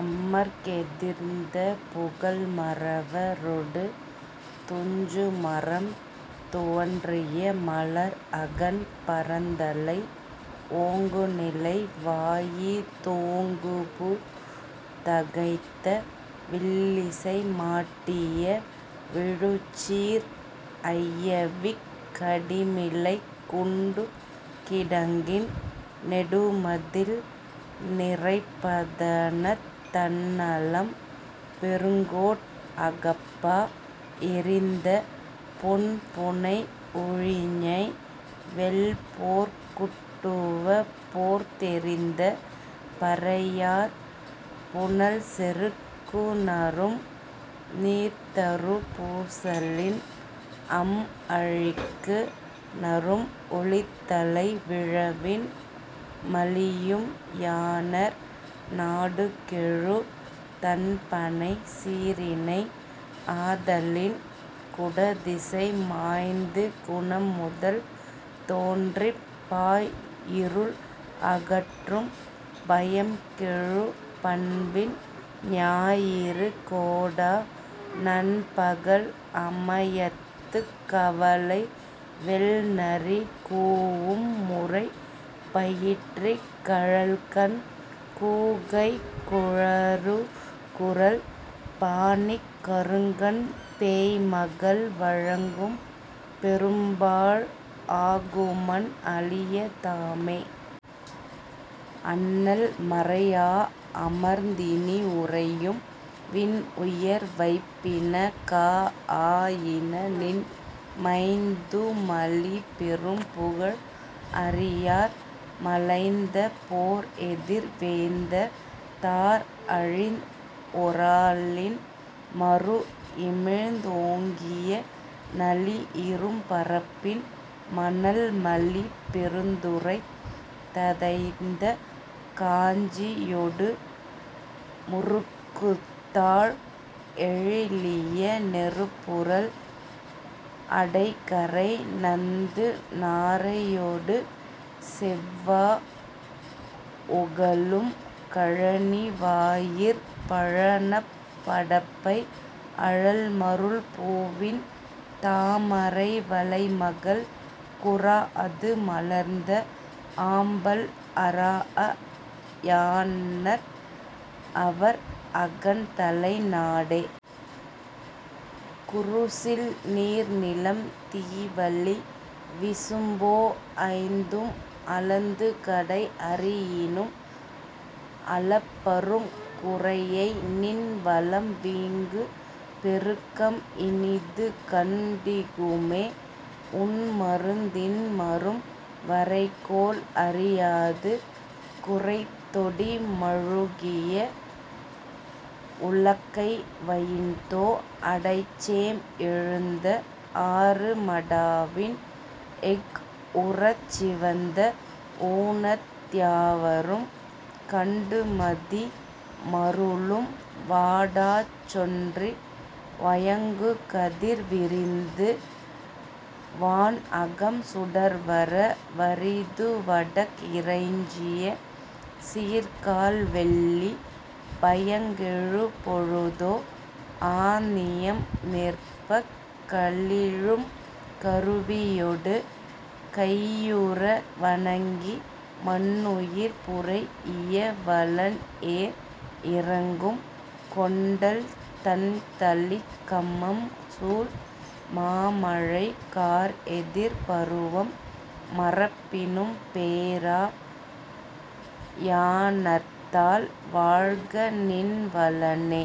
அமர்க்எதிர்ந்த புகல்மறவ ரொடு துஞ்சுமரம் துவன்றிய மலர்அகன் பறந்தலை ஓங்குநிலை வாயிதூங்குபு தகைத்த வில்லிசை மாட்டிய விழுச்சீர் ஐயவிக் கடிமிளைக் குண்டுகிடங்கின் நெடுமதில் நிரைப்பதணத் தண்ணலம் பெருங்கோட் அகப்பா எறிந்த பொன்புனை உழிஞை வெல்போர்க் குட்டுவ போர்த்எறிந்த பறையாற் புனல்செறுக் குநரும் நீர்த்தரு பூசலின் அம்அழிக்கு நரும் ஒலித்தலை விழவின் மலியும் யாணர் நாடுகெழு தண்பனை சீறினை ஆதலின் குடதிசை மாய்ந்து குணம்முதல் தோன்றிப் பாய்இருள் அகற்றும் பயம்கெழு பண்பின் ஞாயிறு கோடா நன்பகல் அமயத்துக் கவலை வெள்நரி கூஉம்முறை பயிற்றிக் கழல்கண் கூகைக் குழறுகுரல் பாணிக் கருங்கண் பேய்மகள் வழங்கும் பெரும்பாழ் ஆகுமன் அளிய தாமே. அண்ணல் மரைஆ அமர்ந்இனி உறையும் விண்உயர் வைப்பின காஆ யினநின் மைந்துமலி பெரும்புகழ் அறியார் மலைந்த போர்எதிர் வேந்தர் தார்அழிந் ஒராலின் மருஇமிழ்ந் ஓங்கிய நளிஇரும் பரப்பின் மணல்மலி பெருந்துறைத் ததைந்த காஞ்சி யொடு முருக்குத்தாழ் எழிலிய நெருப்புறழ் அடைகரை நந்து நாரையொடு செவ்வா உகளும் கழனி வாயிற் பழனப் படப்பை அழல்மருள் பூவின் தாமரை வளைமகள் குறாஅது மலர்ந்த ஆம்பல் அறாஅ யாணர்அவர் அகன்தலை நாடே. குருசில் நீர்நிலம் தீவளி விசும்போ ஐந்தும் அளந்துகடை அறியினும் அளப்பரும் குரையைநின் வளம்வீங்கு பெருக்கம் இனிதுகண் டிகுமே உண்மருந் இன்மரும் வரைகோள் அறியாது குரைத்தொடி மழுகிய உலக்கை வயின்தோ அடைச்சேம் எழுந்த ஆறு மடாவின் எஃஉறச் சிவந்த ஊனத் யாவரும் கண்டுமதி மருளும் வாடாச் சொன்றி வயங்குகதிர் விரிந்து வான்அகம் சுடர்வர வறிதுவடக் இறைஞ்சிய சீர்கால் வெள்ளி பயங்கெழு பொழுதோ ஆநியம் நிற்பக் கலிழும் கருவியொடு கையுற வணங்கி மன்னுயிர் புரைஇய வலன்ஏர் இரங்கும் கொண்டல் தண்தளிக் கமம்சூல் மாமழை கார்எதிர் பருவம் மறப்பினும் பேரா யாணர்த்தால் வாழ்கநின் வளனே.